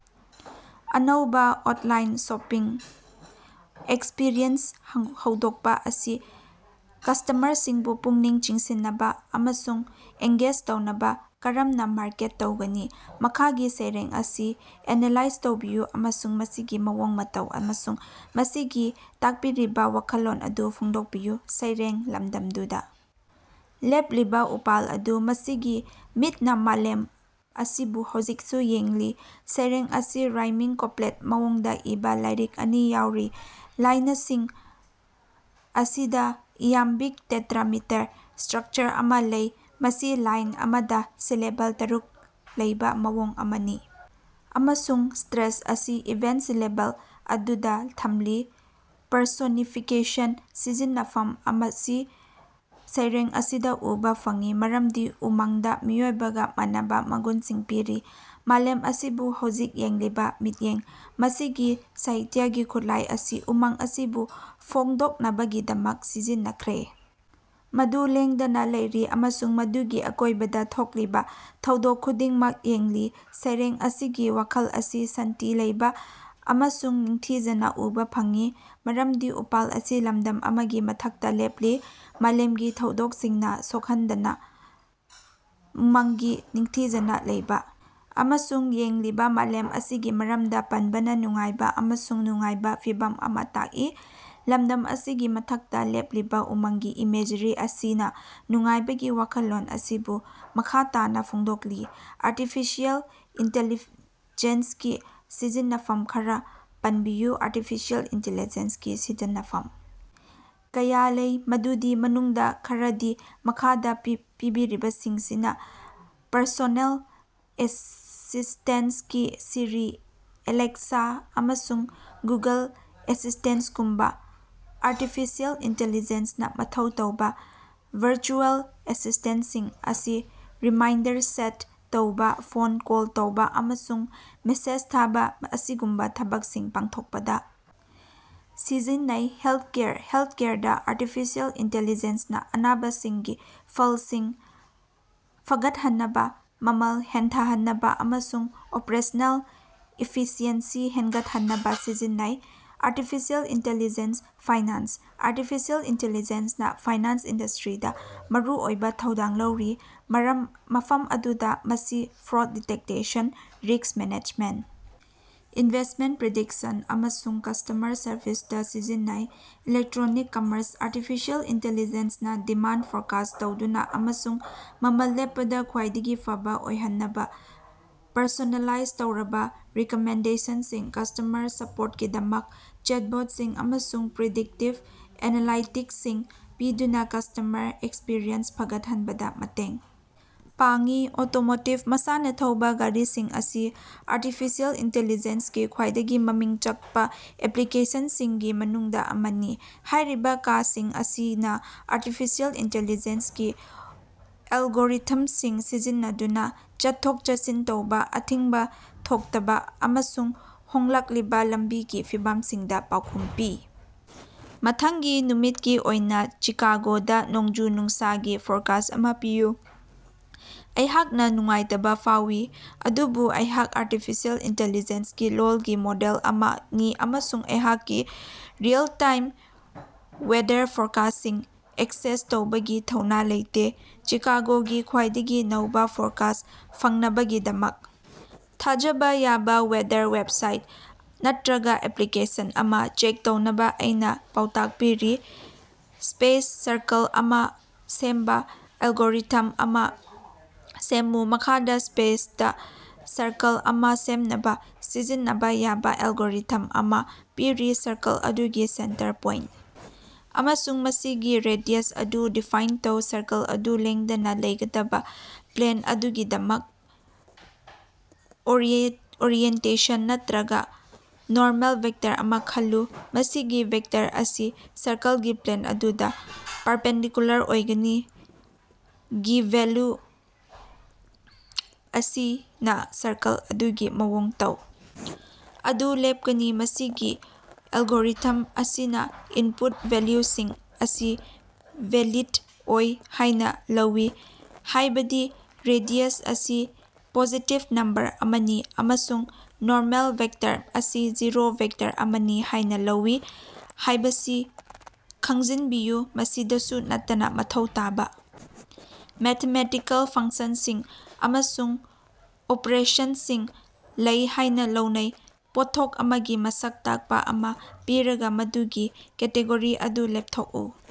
ꯑꯅꯧꯕ online shopping experience ꯍꯧꯗꯣꯛꯄ ꯑꯁꯤ ꯀꯁꯇꯃꯔꯁꯤꯡꯕꯨ ꯄꯨꯛꯅꯤꯡ ꯆꯤꯡꯁꯤꯟꯅꯕ ꯑꯃꯁꯨꯡ ꯑꯦꯡꯒꯦꯖ ꯇꯧꯅꯕ ꯀꯔꯝꯅ ꯃꯥꯔꯀꯦꯠ ꯇꯧꯒꯅꯤ? ꯃꯈꯥꯒꯤ ꯁꯩꯔꯦꯡ ꯑꯁꯤ ꯑꯦꯅꯥꯂꯥꯏꯖ ꯇꯧꯕꯤꯌꯨ ꯑꯃꯁꯨꯡ ꯃꯁꯤꯒꯤ ꯃꯑꯣꯡ ꯃꯇꯧ ꯑꯃꯁꯨꯡ ꯃꯁꯤꯒꯤ ꯇꯥꯛꯄꯤꯔꯤꯕ ꯋꯥꯈꯜꯂꯣꯟ ꯑꯗꯨ ꯐꯣꯡꯗꯣꯛꯄꯤꯌꯨ ꯫ ꯁꯩꯔꯦꯡ: ꯂꯝꯗꯝꯗꯨꯗ ꯂꯦꯞꯂꯤꯕ ꯎꯄꯥꯜ ꯑꯗꯨ, ꯃꯁꯤꯒꯤ ꯃꯤꯠꯅ ꯃꯥꯂꯦꯝ ꯑꯁꯤꯕꯨ ꯍꯧꯖꯤꯛꯁꯨ ꯌꯦꯡꯂꯤ꯫ ꯁꯩꯔꯦꯡ ꯑꯁꯤ ꯔꯥꯏꯃꯤꯡ ꯀꯣꯄ꯭ꯂꯦꯠ ꯃꯑꯣꯡꯗ ꯏꯕ ꯂꯥꯏꯔꯤꯛ ꯑꯅꯤ ꯌꯥꯎꯔꯤ꯫ ꯂꯥꯏꯅꯁꯤꯡ ꯑꯁꯤꯗ ꯏꯌꯥꯝꯕꯤꯛ ꯇꯦꯇ꯭ꯔꯥꯃꯤꯇꯔ ꯁ꯭ꯇꯔꯛꯆꯔ ꯑꯃ ꯂꯩ, ꯃꯁꯤ ꯂꯥꯏꯟ ꯑꯃꯗ ꯁꯤꯂꯦꯕꯜ ꯇꯔꯨꯛ ꯂꯩꯕ ꯃꯑꯣꯡ ꯑꯃꯅꯤ, ꯑꯃꯁꯨꯡ ꯁ꯭ꯇꯔꯦꯁ ꯑꯁꯤ ꯏꯚꯦꯟꯇ ꯁꯤꯂꯦꯕꯜ ꯑꯗꯨꯗ ꯊꯝꯂꯤ꯫ ꯄꯔꯁꯣꯅꯤꯐꯤꯀꯦꯁꯟꯒꯤ ꯁꯤꯖꯤꯟꯅꯐꯝ ꯑꯁꯤ ꯁꯩꯔꯦꯡ ꯑꯁꯤꯗ ꯎꯕ ꯐꯪꯏ ꯃꯔꯝꯗꯤ ꯎꯃꯪꯗ ꯃꯤꯑꯣꯏꯕꯒ ꯃꯥꯟꯅꯕ ꯃꯒꯨꯟꯁꯤꯡ ꯄꯤꯔꯤ- "ꯃꯥꯂꯦꯝ ꯑꯁꯤꯕꯨ ꯍꯧꯖꯤꯛ ꯌꯦꯡꯂꯤꯕ ꯃꯤꯠꯌꯦꯡ꯫" ꯃꯁꯤꯒꯤ ꯁꯥꯍꯤꯇ꯭ꯌꯒꯤ ꯈꯨꯠꯂꯥꯏ ꯑꯁꯤ ꯎꯃꯪ ꯑꯁꯤꯕꯨ ꯐꯣꯡꯗꯣꯛꯅꯕꯒꯤꯗꯃꯛ ꯁꯤꯖꯤꯟꯅꯈ꯭ꯔꯦ, ꯃꯗꯨ ꯂꯦꯡꯗꯅ ꯂꯩꯔꯤ ꯑꯃꯁꯨꯡ ꯃꯗꯨꯒꯤ ꯑꯀꯣꯏꯕꯗ ꯊꯣꯛꯂꯤꯕ ꯊꯧꯗꯣꯛ ꯈꯨꯗꯤꯡꯃꯛ ꯌꯦꯡꯂꯤ꯫ ꯁꯩꯔꯦꯡ ꯑꯁꯤꯒꯤ ꯋꯥꯈꯜ ꯑꯁꯤ ꯁꯥꯟꯇꯤ ꯂꯩꯕ ꯑꯃꯁꯨꯡ ꯅꯤꯡꯊꯤꯖꯅ ꯎꯕ ꯐꯪꯏ, ꯃꯔꯝꯗꯤ ꯎꯄꯥꯜ ꯑꯁꯤ ꯂꯝꯗꯝ ꯑꯃꯒꯤ ꯃꯊꯛꯇ ꯂꯦꯞꯂꯤ, ꯃꯥꯂꯦꯝꯒꯤ ꯊꯧꯗꯣꯛꯁꯤꯡꯅ ꯁꯣꯛꯍꯟꯗꯅ꯫ ꯎꯃꯪꯒꯤ ꯅꯤꯡꯊꯤꯖꯅ ꯂꯩꯕ ꯑꯃꯁꯨꯡ ꯌꯦꯡꯂꯤꯕ ꯃꯥꯂꯦꯝ ꯑꯁꯤꯒꯤ ꯃꯔꯝꯗ ꯄꯟꯕꯅ ꯅꯨꯡꯉꯥꯏꯕ ꯑꯃꯁꯨꯡ ꯅꯨꯡꯉꯥꯏꯕ ꯐꯤꯚꯝ ꯑꯃ ꯇꯥꯛꯏ꯫ ꯂꯝꯗꯝ ꯑꯁꯤꯒꯤ ꯃꯊꯛꯇ ꯂꯦꯞꯂꯤꯕ ꯎꯃꯪꯒꯤ ꯏꯃꯦꯖꯔꯤ ꯑꯁꯤꯅ ꯅꯨꯡꯉꯥꯏꯕꯒꯤ ꯋꯥꯈꯜꯂꯣꯟ ꯑꯁꯤꯕꯨ ꯃꯈ ꯇꯥꯅ ꯐꯣꯡꯗꯣꯛꯂꯤ꯫ ꯑꯥꯔꯇꯤꯐꯤꯁꯤꯑꯦꯜ ꯏꯟꯇꯦꯂꯤꯖꯦꯟꯁꯀꯤ ꯁꯤꯖꯤꯟꯅꯐꯝ ꯈꯔ ꯄꯟꯕꯤꯌꯨ꯫ ꯑꯥꯔꯇꯤꯐꯤꯁꯤꯑꯦꯜ ꯏꯟꯇꯤꯂꯤꯖꯦꯟꯁꯀꯤ ꯁꯤꯖꯤꯟꯅꯐꯝ ꯀꯌꯥ ꯂꯩ, ꯃꯗꯨꯗꯤ ꯃꯅꯨꯡꯗ ꯈꯔꯗꯤ ꯃꯈꯥꯗ ꯄꯤ ꯄꯤꯕꯤꯔꯤꯕꯁꯤꯡꯁꯤꯅꯤ: ꯄꯔꯁꯣꯅꯦꯜ ꯑꯦꯁꯤꯁꯇꯦꯟꯁꯀꯤ: ꯁꯤꯔꯤ, ꯑꯦꯂꯦꯛꯁꯥ ꯑꯃꯁꯨꯡ ꯒꯨꯒꯜ ꯑꯦꯁꯤꯁ꯭ꯇꯦꯟꯁꯀꯨꯝꯕ ꯑꯥꯔꯇꯤꯐꯤꯁꯤꯑꯦꯜ ꯏꯟꯇꯦꯂꯤꯖꯦꯟꯁꯅ ꯃꯊꯧ ꯇꯧꯕ ꯚꯔꯆꯨꯑꯦꯜ ꯑꯦꯁꯤꯁ꯭ꯇꯦꯟꯇꯁꯤꯡ ꯑꯁꯤ ꯔꯤꯃꯥꯏꯟꯗꯔ ꯁꯦꯠ ꯇꯧꯕ, ꯐꯣꯟ ꯀꯣꯜ ꯇꯧꯕ ꯑꯃꯁꯨꯡ ꯃꯦꯁꯦꯖ ꯊꯥꯕ ꯑꯁꯤꯒꯨꯝꯕ ꯊꯕꯛꯁꯤꯡ ꯄꯥꯡꯊꯣꯛꯄꯗ ꯁꯤꯖꯤꯟꯅꯩ꯫ ꯍꯦꯜꯊꯀꯦꯌꯔ: ꯍꯦꯜꯊꯀꯦꯌꯔꯗ ꯑꯥꯔꯇꯤꯐꯤꯁꯤꯑꯦꯜ ꯏꯟꯇꯦꯂꯤꯖꯦꯟꯁ ꯅ ꯑꯅꯥꯕꯁꯤꯡꯒꯤ ꯐꯜꯁꯤꯡ ꯐꯒꯠꯍꯟꯅꯕ, ꯃꯃꯜ ꯍꯟꯊꯍꯟꯅꯕ ꯑꯃꯁꯨꯡ ꯑꯣꯄꯔꯦꯁꯅꯦꯜ ꯏꯐꯤꯁꯤꯑꯦꯟꯁꯤ ꯍꯦꯟꯒꯠꯍꯟꯅꯕ ꯁꯤꯖꯤꯟꯅꯩ꯫ ꯑꯥꯔꯇꯤꯐꯤꯁꯤꯑꯦꯜ ꯏꯟꯇꯦꯂꯤꯖꯦꯟꯁ ꯐꯥꯏꯅꯥꯟꯁ: ꯑꯥꯔꯇꯤꯐꯤꯁꯤꯑꯦꯜ ꯏꯟꯇꯦꯂꯤꯖꯦꯟꯁꯅ ꯐꯥꯏꯅꯥꯟꯁ ꯏꯟꯗꯁꯇ꯭ꯔꯤꯗ ꯃꯔꯨꯑꯣꯏꯕ ꯊꯧꯗꯥꯡ ꯂꯧꯔꯤ, ꯃꯔꯝ ꯃꯐꯝ ꯑꯗꯨꯗ ꯃꯁꯤ fraud detection, risk management, investment prediction ꯑꯃꯁꯨꯡ ꯀꯁꯇꯃꯔ ꯁꯔꯕꯤꯁꯇ ꯁꯤꯖꯤꯟꯅꯩ꯫ ꯏꯂꯦꯇꯔ꯭ꯣꯅꯤꯛ-ꯀꯝꯃꯔꯁ: ꯑꯥꯔꯇꯤꯐꯤꯁꯤꯑꯦꯜ ꯏꯟꯇꯦꯂꯤꯖꯦꯟꯁ ꯅ ꯗꯤꯃꯥꯟꯗ ꯐꯣꯔꯀꯥꯁ꯭ꯠ ꯇꯧꯅꯕ ꯑꯃꯁꯨꯡ ꯃꯃꯜ ꯂꯦꯞꯄꯗ ꯈ꯭ꯋꯥꯏꯗꯒꯤ ꯐꯕ ꯑꯣꯏꯍꯟꯅꯕ ꯄꯔꯁꯣꯅꯦꯂꯥꯏꯖ ꯇꯧꯔꯕ ꯔꯤꯀꯃꯦꯟꯗꯦꯁꯟꯁꯤꯡ, ꯀꯁꯇꯃꯔ ꯁꯄ꯭ꯣꯔꯠꯀꯤꯗꯃꯛ ꯆꯦꯠꯕꯣꯠꯁꯤꯡ ꯑꯃꯁꯨꯡ ꯄ꯭ꯔꯤꯗꯤꯛꯇꯤꯚ ꯑꯦꯅꯥꯂꯥꯏꯇꯤꯛꯁꯁꯤꯡ ꯄꯤꯗꯨꯅ ꯀꯁꯇꯃꯔ ꯑꯦꯛꯁꯄꯔꯤꯌꯦꯟꯁ ꯐꯒꯠꯍꯟꯕꯗ ꯃꯇꯦꯡ ꯄꯥꯡꯏ꯫ ꯑꯣꯇꯣꯃꯣꯇꯤꯚ: ꯃꯁꯥꯅ ꯊꯧꯕ ꯒꯥꯔꯤꯁꯤꯡ ꯑꯁꯤ ꯑꯥꯔꯇꯤꯐꯤꯁꯤꯑꯦꯜ ꯏꯟꯇꯦꯂꯤꯖꯦꯟꯁ ꯒꯤ ꯈ꯭ꯋꯥꯏꯗꯒꯤ ꯃꯃꯤꯡ ꯆꯠꯄ ꯑꯦꯄ꯭ꯂꯤꯀꯦꯁꯟꯁꯤꯡꯒꯤ ꯃꯅꯨꯡꯗ ꯑꯃꯅꯤ꯫ ꯍꯥꯏꯔꯤꯕ ꯀꯥꯁꯤꯡ ꯑꯁꯤꯅ ꯑꯥꯔꯇꯤꯐꯤꯁꯤꯑꯦꯜ ꯏꯟꯇꯦꯂꯤꯖꯦꯟꯁ ꯒꯤ ꯑꯦꯜꯒꯣꯔꯤꯊꯝꯁꯤꯡ ꯁꯤꯖꯤꯟꯅꯗꯨꯅ ꯆꯠꯊꯣꯛ-ꯆꯠꯁꯤꯟ ꯇꯧꯕ, ꯑꯊꯤꯡꯕ ꯊꯣꯛꯇꯕ ꯑꯃꯁꯨꯡ ꯍꯣꯡꯂꯛꯂꯤꯕ ꯂꯝꯕꯤꯒꯤ ꯐꯤꯕꯝꯁꯤꯡꯗ ꯄꯥꯎꯈꯨꯝ ꯄꯤ꯫ ꯃꯊꯪꯒꯤ ꯅꯨꯃꯤꯠꯀꯤ ꯑꯣꯏꯅ ꯆꯤꯀꯥꯒꯣꯗ ꯅꯣꯡꯖꯨ-ꯅꯨꯡꯁꯥꯒꯤ ꯐꯣꯔꯀꯥꯁ꯭ꯠ ꯑꯃ ꯄꯤꯌꯨ꯫ ꯑꯩꯍꯥꯛꯅ ꯅꯨꯡꯉꯥꯏꯇꯕ ꯐꯥꯎꯏ, ꯑꯗꯨꯕꯨ ꯑꯩꯍꯥꯛ ꯑꯥꯔꯇꯤꯐꯤꯁꯤꯑꯦꯜ ꯏꯟꯇꯦꯂꯤꯖꯦꯟꯁ ꯒꯤ ꯂꯣꯜꯒꯤ ꯃꯣꯗꯦꯜ ꯑꯃꯅꯤ ꯑꯃꯁꯨꯡ ꯑꯩꯍꯥꯛꯀꯤ ꯔꯤꯑꯦꯜ-ꯇꯥꯏꯝ ꯋꯦꯗꯔ ꯐꯣꯔꯀꯥꯁ꯭ꯠꯁꯤꯡ ꯑꯦꯛꯁꯦꯁ ꯇꯧꯕꯒꯤ ꯊꯧꯅꯥ ꯂꯩꯇꯦ꯫ ꯆꯤꯀꯥꯒꯣꯒꯤ ꯈ꯭ꯋꯥꯏꯗꯒꯤ ꯅꯧꯕ ꯐꯣꯔꯀꯥꯁ꯭ꯠ ꯐꯪꯅꯕꯒꯤꯗꯃꯛ ꯊꯥꯖꯕ ꯌꯥꯕ ꯋꯦꯗꯔ ꯋꯦꯕꯁꯥꯏꯠ ꯅꯠꯇ꯭ꯔꯒ ꯑꯦꯄ꯭ꯂꯤꯀꯦꯁꯟ ꯑꯃ ꯆꯦꯛ ꯇꯧꯅꯕ ꯑꯩꯅ ꯄꯥꯎꯇꯥꯛ ꯄꯤꯔꯤ꯫ ꯁ꯭ꯄꯦꯁ ꯁꯔꯀꯜ ꯑꯃ ꯁꯦꯝꯕ ꯑꯦꯜꯒꯣꯔꯤꯊꯝ ꯑꯃ ꯁꯦꯝꯃꯨ꯫ ꯃꯈꯥꯗ ꯁ꯭ꯄꯦꯁꯇ ꯁꯔꯀꯜ ꯑꯃ ꯁꯦꯝꯅꯕ ꯁꯤꯖꯤꯟꯅꯕ ꯌꯥꯕ ꯑꯦꯜꯒꯣꯔꯤꯊꯝ ꯑꯃ ꯄꯤꯔꯤ: ꯁꯔꯀꯜ ꯑꯗꯨꯒꯤ ꯁꯦꯟꯇꯔ ꯄꯣꯏꯟꯇ ꯑꯃꯁꯨꯡ ꯃꯁꯤꯒꯤ ꯔꯦꯗꯤꯌꯁ ꯑꯗꯨ ꯗꯤꯐꯥꯏꯟ ꯇꯧ꯫ ꯁꯔꯀꯜ ꯑꯗꯨ ꯂꯦꯡꯗꯅ ꯂꯩꯒꯗꯕ ꯄ꯭ꯂꯦꯟ ꯑꯗꯨꯒꯤꯗꯃꯛ ꯑꯣꯔꯤꯑꯦꯟꯇꯦꯁꯟ ꯅꯠꯇ꯭ꯔꯒ ꯅꯣꯔꯃꯦꯜ ꯚꯦꯛꯇꯔ ꯑꯃ ꯈꯜꯂꯨ꯫ ꯃꯁꯤꯒꯤ ꯚꯦꯛꯇꯔ ꯑꯁꯤ ꯁꯔꯀꯜꯒꯤ ꯄ꯭ꯂꯦꯟ ꯑꯗꯨꯅ ꯄꯥꯔꯄꯦꯟꯗꯤꯀꯨꯂꯔ ꯑꯣꯏꯒꯅꯤ꯫ ꯒꯤ ꯚꯦꯜꯌꯨ ꯑꯁꯤꯅ ꯁꯔꯀꯜ ꯑꯗꯨꯒꯤ ꯃꯑꯣꯡ ꯇꯧ ꯑꯗꯨ ꯂꯦꯞꯀꯅꯤ꯫ ꯃꯁꯤꯒꯤ ꯑꯦꯜꯒꯣꯔꯤꯊꯝ ꯑꯁꯤꯅ ꯏꯟꯄꯨꯠ ꯚꯦꯜꯌꯨꯁꯤꯡ ꯑꯁꯤ ꯚꯦꯂꯤꯗ ꯑꯣꯏ ꯍꯥꯏꯅ ꯂꯧꯏ, ꯍꯥꯏꯕꯗꯤ ꯔꯦꯗꯤꯌꯁ ꯑꯁꯤ ꯄꯣꯖꯤꯇꯤꯚ ꯅꯝꯕꯔ ꯑꯃꯅꯤ ꯑꯃꯁꯨꯡ ꯅꯣꯔꯃꯦꯜ ꯚꯦꯛꯇꯔ ꯑꯁꯤ ꯖꯤꯔꯣ ꯚꯦꯛꯇꯔ ꯑꯃꯅꯤ ꯍꯥꯏꯅ ꯂꯧꯏ ꯍꯥꯏꯕꯁꯤ ꯈꯪꯖꯤꯟꯕꯤꯌꯨ꯫ ꯃꯁꯤꯗꯁꯨ ꯅꯠꯇꯅ ꯃꯊꯧ ꯇꯥꯕ ꯃꯦꯊꯃꯦꯇꯤꯀꯦꯜ ꯐꯪꯁꯟꯁꯤꯡ ꯑꯃꯁꯨꯡ ꯑꯣꯄꯔꯦꯁꯟꯁꯤꯡ ꯂꯩ ꯍꯥꯏꯅ ꯂꯧꯅꯩ꯫ ꯄꯣꯠꯊꯣꯛ ꯑꯃꯒꯤ ꯃꯁꯛ ꯇꯥꯛꯄ ꯑꯃ ꯄꯤꯔꯒ ꯃꯗꯨꯒꯤ ꯀꯦꯇꯦꯒꯣꯔꯤ ꯑꯗꯨ ꯂꯦꯞꯊꯣꯛꯎ꯫